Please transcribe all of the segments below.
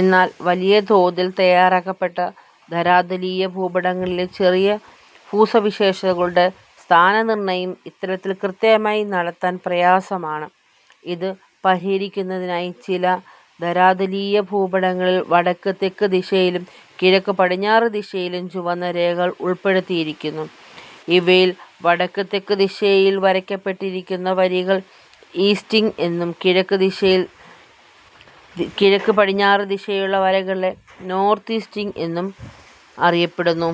എന്നാൽ വലിയതോതിൽ തയാറാക്കപ്പെട്ട ധരാതലീയ ഭൂപടങ്ങളിലെ ചെറിയ ഭൂസവിശേഷതകളുടെ സ്ഥാനനിർണയം ഇത്തരത്തിൽ കൃത്യമായി നടത്താൻ പ്രയാസമാണ്. ഇത് പരിഹരിക്കുന്നതിനായി ചില ധരാതലീയ ഭൂപടങ്ങളിൽ വടക്ക്-തെക്ക് ദിശയിലും കിഴക്ക് പടിഞ്ഞാറ് ദിശയിലും ചുവന്ന രേഖകൾ ഉൾപ്പെടുത്തിയിരിക്കുന്നു. ഇവയിൽ വടക്ക്-തെക്ക് ദിശയിൽ വരയ്ക്കപ്പെട്ടിരിക്കുന്ന വരികൾ ഈസ്റ്റിങ്സ് എന്നും കിഴക്ക്-പടിഞ്ഞാറ് ദിശയിലുള്ള വരകളെ നോർത്തിങ്സ് എന്നും അറിയപ്പെടുന്നു.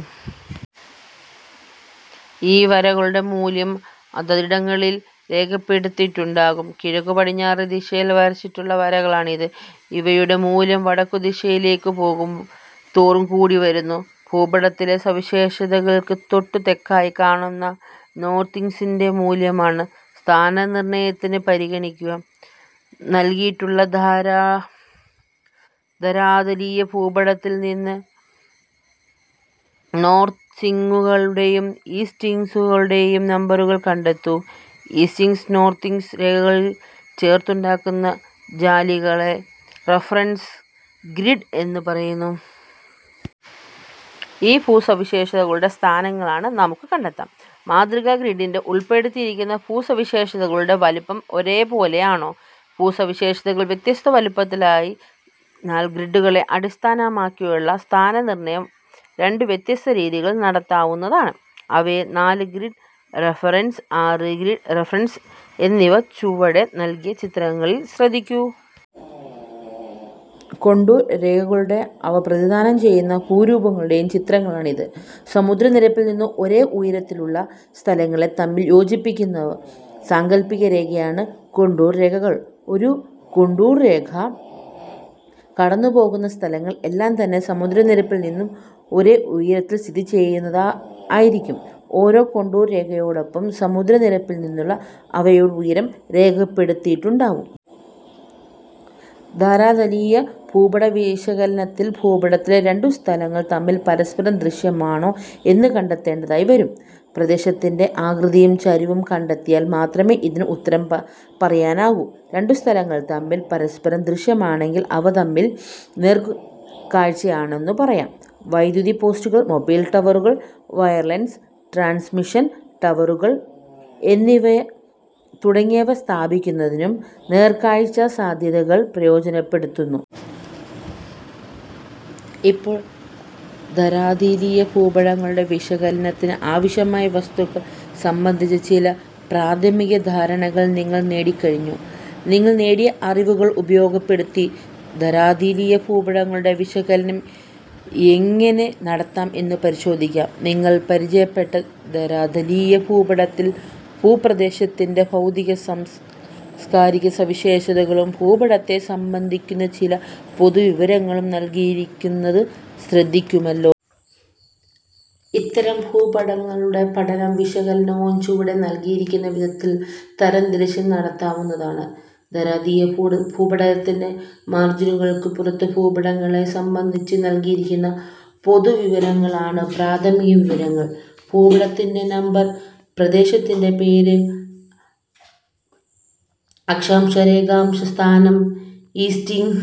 ഈ വരകളുടെ മൂല്യം അതതിടങ്ങളിൽ രേഖപ്പെടുത്തിയിട്ടുണ്ടാകും. കിഴക്കുപടിഞ്ഞാറ് ദിശയിൽ വരച്ചിട്ടുള്ള വരകളാണിത്. ഇവയുടെ മൂല്യം വടക്കുദിശയിലേക്കു പോകും തോറും കൂടിവരുന്നു. ഭൂപടത്തിലെ സവിശേഷതകൾക്ക് തൊട്ടു തെക്കായി കാണപ്പെടുന്ന നോർത്തിങ്സിന്റെ മൂല്യമാണ് സ്ഥാനനിർണയത്തിന് പരിഗണിക്കുക. നൽകിയിട്ടുള്ള ധരാതലീയ ഭൂപടത്തിൽ നിന്ന് നോർത്തിങ്സുകളുടെയും ഈസ്റ്റിങ്സുകളുടെയും നമ്പറുകൾ കണ്ടെത്തൂ. ഈസ്റ്റിങ്സ് നോർത്തിങ്സ് രേഖകൾ ചേർന്നുണ്ടാകുന്ന ജാലികകളെ റഫറൻസ് ഗ്രിഡ് എന്നു പറയുന്നു. ഈ ഭൂസവിശേഷതകളുടെ സ്ഥാനങ്ങളാണ് നമുക്ക് കണ്ടെത്താം. മാതൃകാ ഗ്രിഡിൽ ഉൾപ്പെടുത്തിയിരിക്കുന്ന ഭൂസവിശേഷതകളുടെ വലുപ്പം ഒരേപോലെയാണോ? ഭൂസവിശേഷതകൾ വ്യത്യസ്ത വലുപ്പത്തിലായതി നാൽ ഗ്രിഡുകളെ അടിസ്ഥാനമാക്കിയുള്ള സ്ഥാനനിർണയം രണ്ട് വ്യത്യസ്ത രീതികളിൽ നടത്താവുന്നതാണ്. അവയാണ് നാല് ഗ്രിഡ് റഫറൻസ്, ആറ് ഗ്രിഡ് റഫറൻസ് എന്നിവ. ചുവടെ നൽകിയ ചിത്രങ്ങൾ ശ്രദ്ധിക്കൂ. കോണ്ടൂർ രേഖകളുടെയും അവ പ്രതിനിധാനം ചെയ്യുന്ന ഭൂരൂപങ്ങളുടെയും ചിത്രങ്ങളാണിത്. സമുദ്രനിരപ്പിൽനിന്ന് ഒരേ ഉയരത്തിലുള്ള സ്ഥലങ്ങളെ തമ്മിൽ യോജിപ്പിച്ചുവരയ്ക്കുന്ന സാങ്കൽപ്പികരേഖകളാണ് കോണ്ടൂർ രേഖകൾ. ഒരു കോണ്ടൂർരേഖ കടന്നുപോകുന്ന സ്ഥലങ്ങൾ എല്ലാം തന്നെ സമുദ്രനിരപ്പിൽ നിന്നും ഒരേ ഉയരത്തിൽ സ്ഥിതി ചെയ്യുന്നവയായിരിക്കും. ഓരോ കോണ്ടൂർ രേഖയോടൊപ്പവും സമുദ്ര നിരപ്പിൽനിന്നുള്ള അവയുടെ ഉയരം രേഖപ്പെടുത്തിയിട്ടുണ്ടാവും. ധരാതലീയ ഭൂപടവിശകലനത്തിൽ ഭൂപടത്തിലെ രണ്ടു സ്ഥലങ്ങൾ തമ്മിൽ പരസ്പരം ദൃശ്യമാണോ എന്നു കണ്ടെത്തേണ്ടതായി വരും. പ്രദേശത്തിന്റെ ആകൃതിയും ചരിവും കണ്ടെത്തിയാൽ മാത്രമേ ഇതിന് ഉത്തരം പറയാനാകൂ. രണ്ടു സ്ഥലങ്ങൾ തമ്മിൽ പരസ്പരം ദൃശ്യമാണെങ്കിൽ അവ തമ്മിൽ നേർക്കാഴ്ചയിലാണെന്നു പറയാം. വൈദ്യുതി പോസ്റ്റുകൾ, മൊബൈൽ ടവറുകൾ, വയർലെസ് ട്രാൻസ്മിഷൻ ടവറുകൾ തുടങ്ങിയവ സ്ഥാപിക്കുന്നതിനും നേർക്കാഴ്ചാസാധ്യതകൾ പ്രയോജനപ്പെടുത്തുന്നു. ഇപ്പോൾ ധരാതലീയ ഭൂപടങ്ങളുടെ വിശകലനത്തിന് ആവശ്യമായ വസ്തുതകൾ സംബന്ധിച്ച് ചില പ്രാഥമിക ധാരണകൾ നിങ്ങൾ നേടിക്കഴിഞ്ഞു. നിങ്ങൾ നേടിയ അറിവുകൾ ഉപയോഗപ്പെടുത്തി ധരാതലീയ ഭൂപടങ്ങളുടെ വിശകലനം എങ്ങനെ നടത്താം എന്ന് പരിശോധിക്കാം. നിങ്ങൾ പരിചയപ്പെട്ട ധരാതലീയ ഭൂപടത്തിൽ ഭൂപ്രദേശത്തിന്റെ ഭൗതിക-സാംസ്കാരിക സവിശേഷതകളും ഭൂപടത്തെ സംബന്ധിക്കുന്ന ചില പൊതുവിവരങ്ങളും നൽകിയിരിക്കുന്നത് ശ്രദ്ധിക്കുമല്ലോ. ഇത്തരം ഭൂപടങ്ങളുടെ പഠനവും വിശകലനവും ചുവടെ നൽകിയിരിക്കുന്ന വിധത്തിൽ തരംതിരിച്ച് നടത്താവുന്നതാണ്. ധരാതലീയ ഭൂപടങ്ങളിലെ മാർജിനുകൾക്കു പുറത്ത് ഭൂപടങ്ങളെ സംബന്ധിച്ച് നൽകിയിരിക്കുന്ന പൊതുവിവരങ്ങളാണ് പ്രാഥമികവിവരങ്ങൾ. ഭൂപടത്തിന്റെ നമ്പർ, പ്രദേശത്തിന്റെ പേര്, അക്ഷാംശ രേഖാംശസ്ഥാനം, ഈസ്റ്റിങ്സിന്റെയും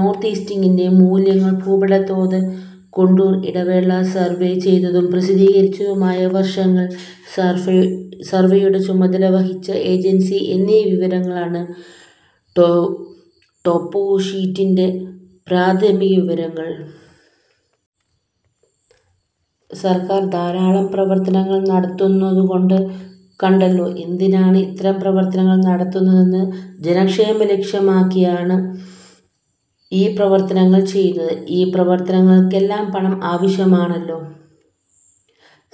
നോർത്തിങ്സിന്റെയും മൂല്യങ്ങൾ, ഭൂപടതോത്, കോണ്ടൂർ ഇടവേള, സർവേ ചെയ്തതും പ്രസിദ്ധീകരിച്ചതുമായ വർഷങ്ങൾ, സർവേയുടെ ചുമതല വഹിച്ച ഏജൻസി എന്നീ വിവരങ്ങളാണ് ടോപ്പോഷീറ്റിന്റെ പ്രാഥമികവിവരങ്ങൾ. സർക്കാർ ധാരാളം പ്രവർത്തനങ്ങൾ നടത്തുന്നുണ്ടെന്നു കണ്ടല്ലോ. എന്തിനാണ് ഇത്തരം പ്രവർത്തനങ്ങൾ നടത്തുന്നത്? ജനക്ഷേമം ലക്ഷ്യമാക്കിയാണ് ഈ പ്രവർത്തനങ്ങൾ ചെയ്യുന്നത്. ഈ പ്രവർത്തനങ്ങൾക്കെല്ലാം പണം ആവശ്യമാണല്ലോ.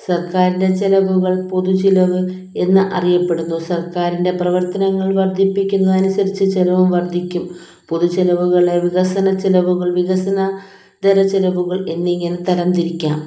സർക്കാരിന്റെ ചെലവുകൾ പൊതുചെലവ് എന്ന് അറിയപ്പെടുന്നു. സർക്കാരിന്റെ പ്രവർത്തനങ്ങൾ വർധിക്കുന്നതനുസരിച്ച് ചെലവും വർധിക്കും. പൊതുചെലവുകളെ വികസനച്ചെലവുകൾ, വികസനേതര ചെലവുകൾ എന്നിങ്ങനെ തരം തിരിക്കാം.